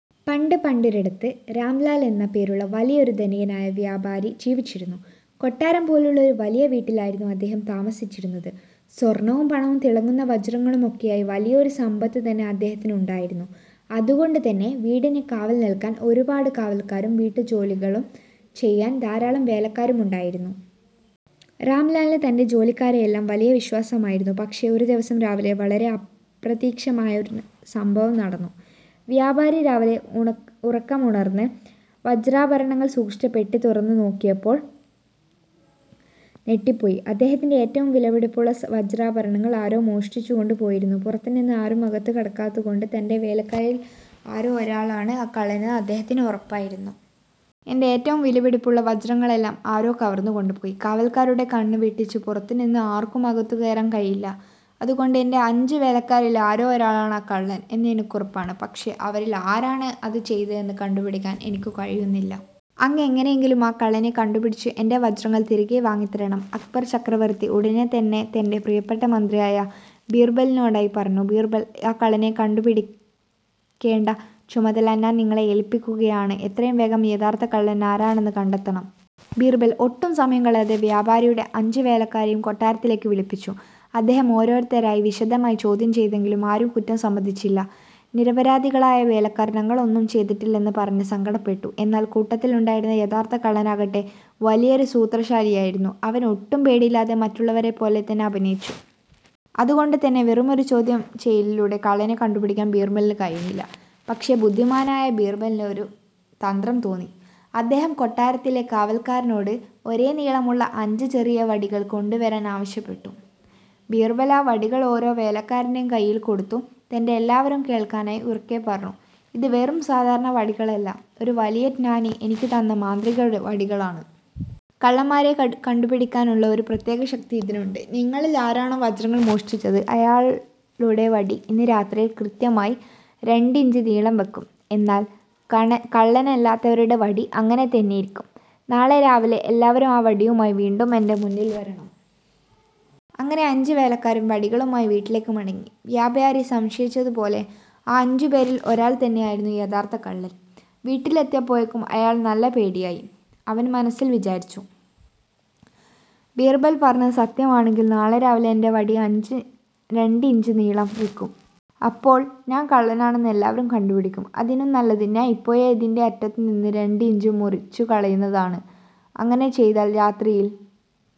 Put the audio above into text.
പണ്ട് പണ്ടൊരിടത്ത്, രാംലാൽ എന്ന് പേരുള്ള വലിയൊരു ധനികനായ വ്യാപാരി ജീവിച്ചിരുന്നു. കൊട്ടാരം പോലുള്ള ഒരു വലിയ വീട്ടിലായിരുന്നു അദ്ദേഹം താമസിച്ചിരുന്നത്. സ്വർണവും പണവും തിളങ്ങുന്ന വജ്രങ്ങളുമൊക്കെയായി വലിയൊരു സമ്പത്ത് തന്നെ അദ്ദേഹത്തിന് ഉണ്ടായിരുന്നു. അതുകൊണ്ട് തന്നെ വീടിന് കാവൽ നിൽക്കാൻ ഒരുപാട് കാവൽക്കാരും, വീട്ടുജോലികളും ചെയ്യാൻ ധാരാളം വേലക്കാരുമുണ്ടായിരുന്നു. രാംലാലിന് തന്റെ ജോലിക്കാരെയെല്ലാം വലിയ വിശ്വാസമായിരുന്നു. പക്ഷേ, ഒരു ദിവസം രാവിലെ വളരെ അപ്രതീക്ഷമായ ഒരു സംഭവം നടന്നു! വ്യാപാരി രാവിലെ ഉറക്കമുണർന്ന് വജ്രാഭരണങ്ങൾ സൂക്ഷിച്ച പെട്ടി തുറന്നു നോക്കിയപ്പോൾ ഞെട്ടിപ്പോയി. അദ്ദേഹത്തിന്റെ ഏറ്റവും വിലപിടിപ്പുള്ള വജ്രാഭരണങ്ങൾ ആരോ മോഷ്ടിച്ചുകൊണ്ട് പോയിരുന്നു! പുറത്തുനിന്ന് ആരും അകത്തു കടക്കാത്തതു കൊണ്ട്, തന്റെ വേലക്കാരിൽ ആരോ ഒരാളാണ് ആ കള്ളനെന്ന് അദ്ദേഹത്തിന് ഉറപ്പായിരുന്നു. എന്റെ ഏറ്റവും വിലപിടിപ്പുള്ള വജ്രങ്ങളെല്ലാം ആരോ കവർന്നു കൊണ്ടുപോയി. കാവൽക്കാരുടെ കണ്ണ് വെട്ടിച്ച് പുറത്തു നിന്ന് ആർക്കും അകത്തുകയറാൻ കഴിയില്ല. അതുകൊണ്ട് എന്റെ അഞ്ച് വേലക്കാരിൽ ആരോ ഒരാളാണ് ഈ കള്ളൻ എന്ന് എനിക്കുറപ്പാണ്. പക്ഷേ, അവരിൽ ആരാണ് അത് ചെയ്തതെന്ന് കണ്ടുപിടിക്കാൻ എനിക്ക് കഴിയുന്നില്ല. അങ്ങ് എങ്ങനെയെങ്കിലും ആ കള്ളനെ കണ്ടുപിടിച്ച് എന്റെ വജ്രങ്ങൾ തിരികെ വാങ്ങിത്തരണം. " അക്ബർ ചക്രവർത്തി ഉടനെ തന്നെ തന്റെ പ്രിയപ്പെട്ട മന്ത്രിയായ ബീർബലിനോടായി പറഞ്ഞു: "ബീർബൽ, ആ കള്ളനെ കണ്ടുപിടിക്കേണ്ട ചുമതല ഞാൻ നിങ്ങളെ ഏൽപ്പിക്കുകയാണ്. എത്രയും വേഗം യഥാർഥ കള്ളൻ ആരാണെന്ന് കണ്ടെത്തണം. " ബീർബൽ ഒട്ടും സമയം കളയാതെ വ്യാപാരിയുടെ അഞ്ച് വേലക്കാരെയും കൊട്ടാരത്തിലേക്ക് വിളിപ്പിച്ചു. അദ്ദേഹം ഓരോരുത്തരെയായി വിശദമായി ചോദ്യം ചെയ്തെങ്കിലും ആരും കുറ്റം സമ്മതിച്ചില്ല. നിരപരാധികളായ വേലക്കാർ തങ്ങൾ ഒന്നും ചെയ്തിട്ടില്ലെന്ന് പറഞ്ഞ് സങ്കടപ്പെട്ടു. എന്നാൽ, കൂട്ടത്തിലുണ്ടായിരുന്ന യഥാർത്ഥ കള്ളനാകട്ടെ വലിയൊരു സൂത്രശാലിയായിരുന്നു! അവൻ ഒട്ടും പേടിയില്ലാതെ മറ്റുള്ളവരെപ്പോലെ തന്നെ അഭിനയിച്ചു. അതുകൊണ്ടുതന്നെ വെറുമൊരു ചോദ്യം ചെയ്യലിലൂടെ കള്ളനെ കണ്ടുപിടിക്കാൻ ബീർബലിന് കഴിഞ്ഞില്ല. പക്ഷേ, ബുദ്ധിമാനായ ബിർബലിന് ഒരു തന്ത്രം തോന്നി. അദ്ദേഹം കൊട്ടാരത്തിലെ കാവൽക്കാരനോട് ഒരേ നീളമുള്ള അഞ്ച് ചെറിയ വടികൾ കൊണ്ടുവരാൻ ആവശ്യപ്പെട്ടു. ബീർബൽ ആ വടികൾ ഓരോ വേലക്കാരന്റെയും കയ്യിൽ കൊടുത്തു. തന്റെ എല്ലാവരും കേൾക്കാനായി ഉറക്കെ പറഞ്ഞു: "ഇത് വെറും സാധാരണ വടികളല്ല, ഒരു വലിയ ജ്ഞാനി എനിക്ക് തന്ന മാന്ത്രിക വടികളാണ്! കള്ളന്മാരെ കണ്ടുപിടിക്കാനുള്ള ഒരു പ്രത്യേക ശക്തി ഇതിനുണ്ട്. നിങ്ങളിൽ ആരാണോ ആ വജ്രങ്ങൾ മോഷ്ടിച്ചത്, അയാളുടെ വടി ഇന്ന് രാത്രിയിൽ കൃത്യമായി രണ്ട് ഇഞ്ച് നീളം വയ്ക്കും! എന്നാൽ കള്ളനല്ലാത്തവരുടെ വടി അങ്ങനെ തന്നെയിരിക്കും. നാളെ രാവിലെ എല്ലാവരും ആ വടിയുമായി വീണ്ടും എന്റെ മുന്നിൽ വരണം. " അങ്ങനെ അഞ്ച് വേലക്കാരും വടികളുമായി വീട്ടിലേക്ക് മടങ്ങി. വ്യാപാരി സംശയിച്ചതുപോലെ ആ അഞ്ചുപേരിൽ ഒരാൾ തന്നെയായിരുന്നു യഥാർഥ കള്ളൻ! വീട്ടിലെത്തിയപ്പോഴേക്കും അയാൾ നല്ല പേടിയായി. അവൻ മനസ്സിൽ വിചാരിച്ചു: "ബീർബൽ പറഞ്ഞത് സത്യമാണെങ്കിൽ നാളെ രാവിലെ എന്റെ വടി രണ്ട് ഇഞ്ച് നീളം വയ്ക്കും! അപ്പോൾ ഞാൻ കള്ളനാണെന്ന് എല്ലാവരും കണ്ടുപിടിക്കും. അതിലും നല്ലത് ഞാൻ ഇപ്പോഴേ ഇതിന്റെ അറ്റത്തു നിന്ന് രണ്ട് ഇഞ്ച് മുറിച്ചുകളയുന്നതാണ്! അങ്ങനെ ചെയ്താൽ രാത്രിയിൽ